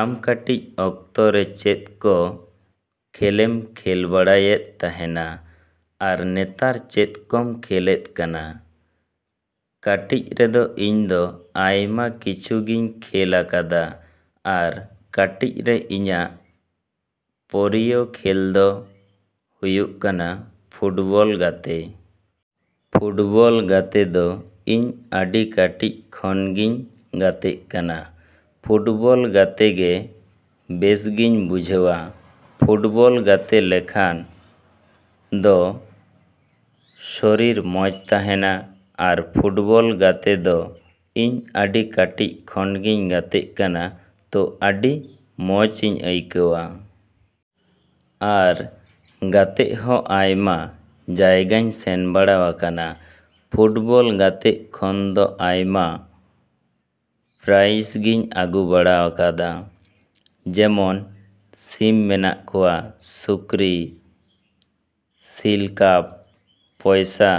‎ᱟᱢ ᱠᱟᱹᱴᱤᱡ ᱚᱠᱛᱚ ᱨᱮ ᱪᱮᱫ ᱠᱚ ᱠᱷᱮᱞᱮᱢ ᱠᱷᱮᱞ ᱵᱟᱲᱟᱭᱮᱫ ᱛᱟᱦᱮᱱᱟ ᱟᱨ ᱱᱮᱛᱟᱨ ᱪᱮᱫ ᱠᱚᱢ ᱠᱷᱮᱞᱮᱫ ᱠᱟᱱᱟ? ᱠᱟᱹᱴᱤᱡ ᱨᱮᱫᱚ ᱤᱧ ᱫᱚ ᱟᱭᱢᱟ ᱠᱤᱪᱷᱩ ᱜᱤᱧ ᱠᱷᱮᱞ ᱟᱠᱟᱫᱟ᱾ ᱟᱨ ᱠᱟᱹᱴᱤᱡ ᱨᱮ ᱤᱧᱟᱹᱜ ᱯᱨᱤᱭᱚ ᱠᱷᱮᱞ ᱫᱚ ᱦᱩᱭᱩᱜ ᱠᱟᱱᱟ ᱯᱷᱩᱴᱵᱚᱞ ᱜᱟᱛᱮ᱾ ᱯᱷᱩᱴᱵᱚᱞ ᱜᱟᱛᱮ ᱫᱚ ᱤᱧ ᱟᱹᱰᱤ ᱠᱟᱹᱴᱤᱡ ᱠᱷᱚᱱ ᱜᱮᱧ ᱜᱟᱛᱮᱜ ᱠᱟᱱᱟ᱾ ᱯᱷᱩᱴᱵᱚᱞ ᱜᱟᱛᱮ ᱜᱮ ᱵᱮᱥᱜᱤᱧ ᱵᱩᱡᱷᱟᱹᱣᱟ᱾ ᱯᱷᱩᱴᱵᱚᱞ ᱜᱟᱛᱮ ᱞᱮᱱᱠᱷᱟᱱ ᱫᱚ ᱥᱚᱨᱤᱨ ᱢᱚᱡᱽ ᱛᱟᱦᱮᱱᱟ᱾ ᱟᱨ ᱯᱷᱩᱴᱵᱚᱞ ᱜᱟᱛᱮ ᱫᱚ ᱤᱧ ᱟᱹᱰᱤ ᱠᱟᱹᱴᱤᱡ ᱠᱷᱚᱱ ᱜᱤᱧ ᱜᱟᱛᱮᱜ ᱠᱟᱱᱟ ᱛᱚ ᱟᱹᱰᱤ ᱢᱚᱡᱤᱧ ᱟᱹᱭᱠᱟᱹᱣᱟ᱾ ᱟᱨ ᱜᱟᱛᱮᱜ ᱦᱚᱸ ᱟᱭᱢᱟ ᱡᱟᱭᱜᱟᱧ ᱥᱮᱱ ᱵᱟᱲᱟᱣ ᱟᱠᱟᱱᱟ᱾ ᱯᱷᱩᱴᱵᱚᱞ ᱜᱟᱛᱮᱜ ᱠᱷᱚᱱ ᱫᱚ ᱟᱭᱢᱟ ᱯᱨᱟᱭᱤᱡᱽ ᱜᱮ ᱟᱹᱜᱩ ᱵᱟᱲᱟᱣ ᱟᱠᱟᱫᱟ, ᱡᱮᱢᱚᱱ ᱥᱤᱢ ᱢᱮᱱᱟᱜ ᱠᱚᱣᱟ, ᱥᱩᱠᱨᱤ, ᱥᱤᱞ ᱠᱟᱯ, ᱯᱚᱭᱥᱟ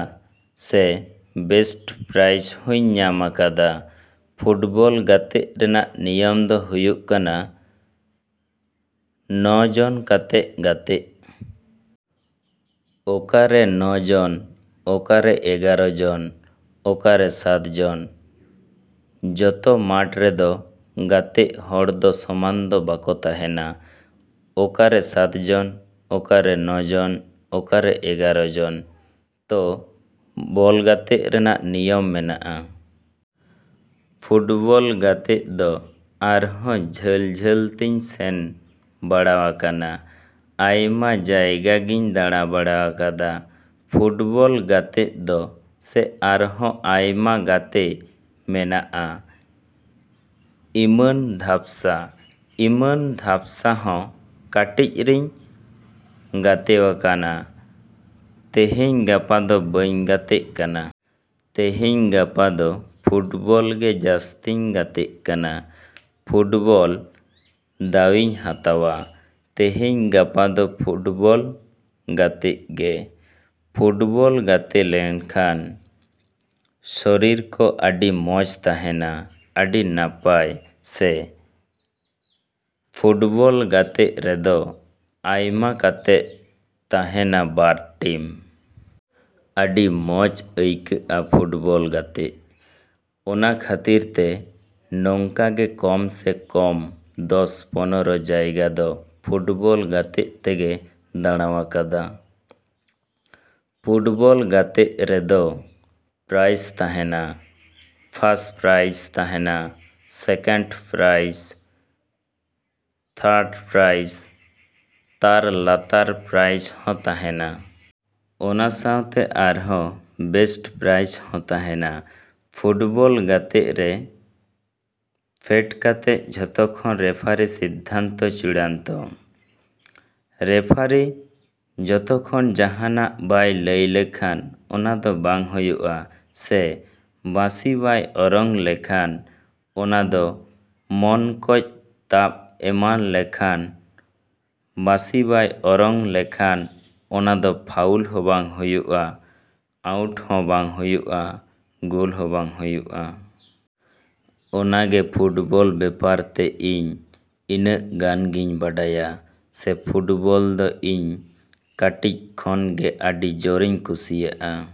ᱥᱮ ᱵᱮᱥᱴ ᱯᱨᱟᱭᱤᱡᱽ ᱦᱚᱸᱧ ᱧᱟᱢ ᱟᱠᱟᱫᱟ᱾ ᱯᱷᱩᱴᱵᱚᱞ ᱜᱟᱛᱮᱜ ᱨᱮᱱᱟᱜ ᱱᱤᱭᱚᱢ ᱫᱚ ᱦᱩᱭᱩᱜ ᱠᱟᱱᱟ ᱱᱚ ᱡᱚᱱ ᱠᱟᱛᱮᱜ ᱜᱟᱛᱮᱜ᱾ ᱚᱠᱟᱨᱮ ᱱᱚ ᱡᱚᱱ, ᱚᱠᱟᱨᱮ ᱮᱜᱟᱨᱚ ᱡᱚᱱ, ᱚᱠᱟᱨᱮ ᱥᱟᱛ ᱡᱚᱱ᱾ ᱡᱚᱛᱚ ᱢᱟᱴᱷ ᱨᱮᱫᱚ ᱜᱟᱛᱮᱜ ᱦᱚᱲ ᱫᱚ ᱥᱚᱢᱟᱱ ᱫᱚ ᱵᱟᱠᱚ ᱛᱟᱦᱮᱱᱟ᱾ ᱚᱠᱟᱨᱮ ᱥᱟᱛ ᱡᱚᱱ, ᱚᱠᱟᱨᱮ ᱱᱚ ᱡᱚᱱ, ᱚᱠᱟᱨᱮ ᱮᱜᱟᱨᱚ ᱡᱚᱱ᱾ ᱛᱚ ᱵᱚᱞ ᱜᱟᱛᱮᱜ ᱨᱮᱱᱟᱜ ᱱᱤᱭᱚᱢ ᱢᱮᱱᱟᱜᱼᱟ᱾ ᱯᱷᱩᱴᱵᱚᱞ ᱜᱟᱛᱮᱜ ᱫᱚ ᱟᱨᱦᱚᱸ ᱡᱷᱟᱹᱞᱼᱡᱷᱟᱹᱞ ᱛᱤᱧ ᱥᱮᱱ ᱵᱟᱲᱟᱣ ᱟᱠᱟᱱᱟ᱾ ᱟᱭᱢᱟ ᱡᱟᱭᱜᱟ ᱜᱤᱧ ᱫᱟᱬᱟ ᱵᱟᱲᱟᱣ ᱟᱠᱟᱫᱟ᱾ ᱯᱷᱩᱴᱵᱚᱞ ᱜᱟᱛᱮᱜ ᱫᱚ ᱥᱮ ᱟᱨᱦᱚᱸ ᱟᱭᱢᱟ ᱜᱟᱛᱮ ᱢᱮᱱᱟᱜᱼᱟ, ᱤᱢᱟᱹᱱ ᱫᱷᱟᱯᱥᱟ᱾ ᱤᱢᱟᱹᱱ ᱫᱷᱟᱯᱥᱟ ᱦᱚᱸ ᱠᱟᱹᱴᱤᱡ ᱨᱤᱧ ᱜᱟᱛᱮᱣ ᱟᱠᱟᱱᱟ᱾ ᱛᱮᱦᱮᱧ ᱜᱟᱯᱟ ᱫᱚ ᱵᱟᱹᱧ ᱜᱟᱛᱮᱜ ᱠᱟᱱᱟ᱾ ᱛᱮᱦᱮᱧ ᱜᱟᱯᱟ ᱫᱚ ᱯᱷᱩᱴᱵᱚᱞ ᱜᱮ ᱡᱟᱹᱥᱛᱤᱧ ᱜᱟᱛᱮᱜ ᱠᱟᱱᱟ᱾ ᱯᱷᱩᱴᱵᱚᱞ ᱫᱟᱣ ᱤᱧ ᱦᱟᱛᱟᱣᱟ᱾ ᱛᱮᱦᱮᱧ ᱜᱟᱯᱟ ᱫᱚ ᱯᱷᱩᱴᱵᱚᱞ ᱜᱟᱛᱮᱜ ᱜᱮ᱾ ᱯᱷᱩᱴᱵᱚᱞ ᱜᱟᱛᱮ ᱞᱮᱱᱠᱷᱟᱱ ᱫᱚ ᱥᱚᱨᱤᱨ ᱠᱚ ᱟᱹᱰᱤ ᱢᱚᱡᱽ ᱛᱟᱦᱮᱱᱟ, ᱟᱹᱰᱤ ᱱᱟᱯᱟᱭ᱾ ᱥᱮ ᱯᱷᱩᱴᱵᱚᱞ ᱜᱟᱛᱮᱜ ᱨᱮᱫᱚ ᱟᱭᱢᱟ ᱠᱟᱛᱮᱜ ᱛᱟᱦᱮᱱᱟ ᱵᱟᱨ ᱴᱤᱢ᱾ ᱟᱹᱰᱤ ᱢᱚᱡᱽ ᱟᱹᱭᱠᱟᱹᱜᱼᱟ ᱯᱷᱩᱴᱵᱚᱞ ᱜᱟᱛᱮᱜ᱾ ᱚᱱᱟ ᱠᱷᱟᱹᱛᱤᱨ ᱛᱮ ᱱᱚᱝᱠᱟ ᱜᱮ ᱠᱚᱢ ᱥᱮ ᱠᱚᱢ ᱫᱚᱥᱼᱯᱚᱱᱨᱚ ᱡᱟᱭᱜᱟ ᱫᱚ ᱯᱷᱩᱴᱵᱚᱞ ᱜᱟᱛᱮᱜ ᱛᱮᱜᱮ ᱫᱟᱬᱟᱣ ᱟᱠᱟᱫᱟ᱾ ᱯᱷᱩᱴᱵᱚᱞ ᱜᱟᱛᱮᱜ ᱨᱮᱫᱚ ᱯᱨᱟᱭᱤᱡᱽ ᱛᱟᱦᱮᱱᱟ᱾ ᱯᱷᱟᱥ ᱯᱨᱟᱭᱤᱡᱽ ᱛᱟᱦᱮᱱᱟ, ᱥᱮᱠᱮᱱᱰ ᱯᱨᱟᱭᱤᱥ, ᱛᱷᱟᱨᱰ ᱯᱨᱟᱭᱤᱥ, ᱛᱟᱨ ᱞᱟᱛᱟᱨ ᱯᱨᱟᱭᱤᱥᱡ ᱦᱚᱸ ᱛᱟᱦᱮᱱᱟ᱾ ᱚᱱᱟ ᱥᱟᱶᱛᱮ ᱟᱨᱦᱚᱸ ᱵᱮᱹᱥᱴ ᱯᱨᱟᱭᱤᱥ ᱦᱚᱸ ᱛᱟᱦᱮᱱᱟ᱾ ᱯᱷᱩᱴᱵᱚᱞ ᱜᱟᱛᱮᱜ ᱨᱮ ᱯᱷᱮᱰ ᱠᱟᱛᱮᱫ ᱡᱚᱛᱚᱠᱷᱚᱱ ᱨᱮᱯᱷᱟᱨᱤ ᱥᱤᱫᱽᱫᱷᱟᱱᱛᱚ ᱪᱩᱲᱟᱱᱛᱚ᱾ ᱨᱮᱯᱷᱟᱨᱤ ᱡᱚᱛᱚᱠᱷᱚᱱ ᱡᱟᱦᱟᱱᱟᱜ ᱵᱟᱭ ᱞᱟᱹᱭ ᱞᱮᱠᱷᱟᱱ ᱚᱱᱟ ᱫᱚ ᱵᱟᱝ ᱦᱩᱭᱩᱜᱼᱟ᱾ ᱥᱮ ᱵᱟᱸᱥᱤ ᱵᱟᱭ ᱚᱨᱚᱝ ᱞᱮᱠᱷᱟᱱ ᱚᱱᱟ ᱫᱚ ᱢᱚᱱ ᱠᱚᱡ ᱛᱟᱵ ᱮᱢᱟᱱ ᱞᱮᱱᱠᱷᱟᱱ ᱵᱟᱸᱥᱤ ᱵᱟᱭ ᱚᱨᱚᱝ ᱞᱮᱠᱷᱟᱱ ᱚᱱᱟ ᱫᱚ ᱯᱷᱟᱣᱩᱞ ᱦᱚᱸ ᱵᱟᱝ ᱦᱩᱭᱩᱜᱼᱟ, ᱟᱣᱩᱴ ᱦᱚᱸ ᱵᱟᱝ ᱦᱩᱭᱩᱜᱼᱟ, ᱜᱳᱞ ᱦᱚᱸ ᱵᱟᱝ ᱦᱩᱭᱩᱜᱼᱟ᱾ ᱚᱱᱟ ᱜᱮ ᱯᱷᱩᱴᱵᱚᱞ ᱵᱮᱯᱟᱨ ᱛᱮ ᱤᱧ ᱤᱱᱟᱹᱜ ᱜᱟᱱ ᱜᱤᱧ ᱵᱟᱰᱟᱭᱟ᱾ ᱥᱮ ᱯᱷᱩᱴᱵᱚᱞ ᱫᱚ ᱤᱧ ᱠᱟᱹᱴᱤᱡ ᱠᱷᱚᱱ ᱜᱮ ᱟᱹᱰᱤ ᱡᱳᱨᱤᱧ ᱠᱩᱥᱤᱭᱟᱜᱼᱟ᱾।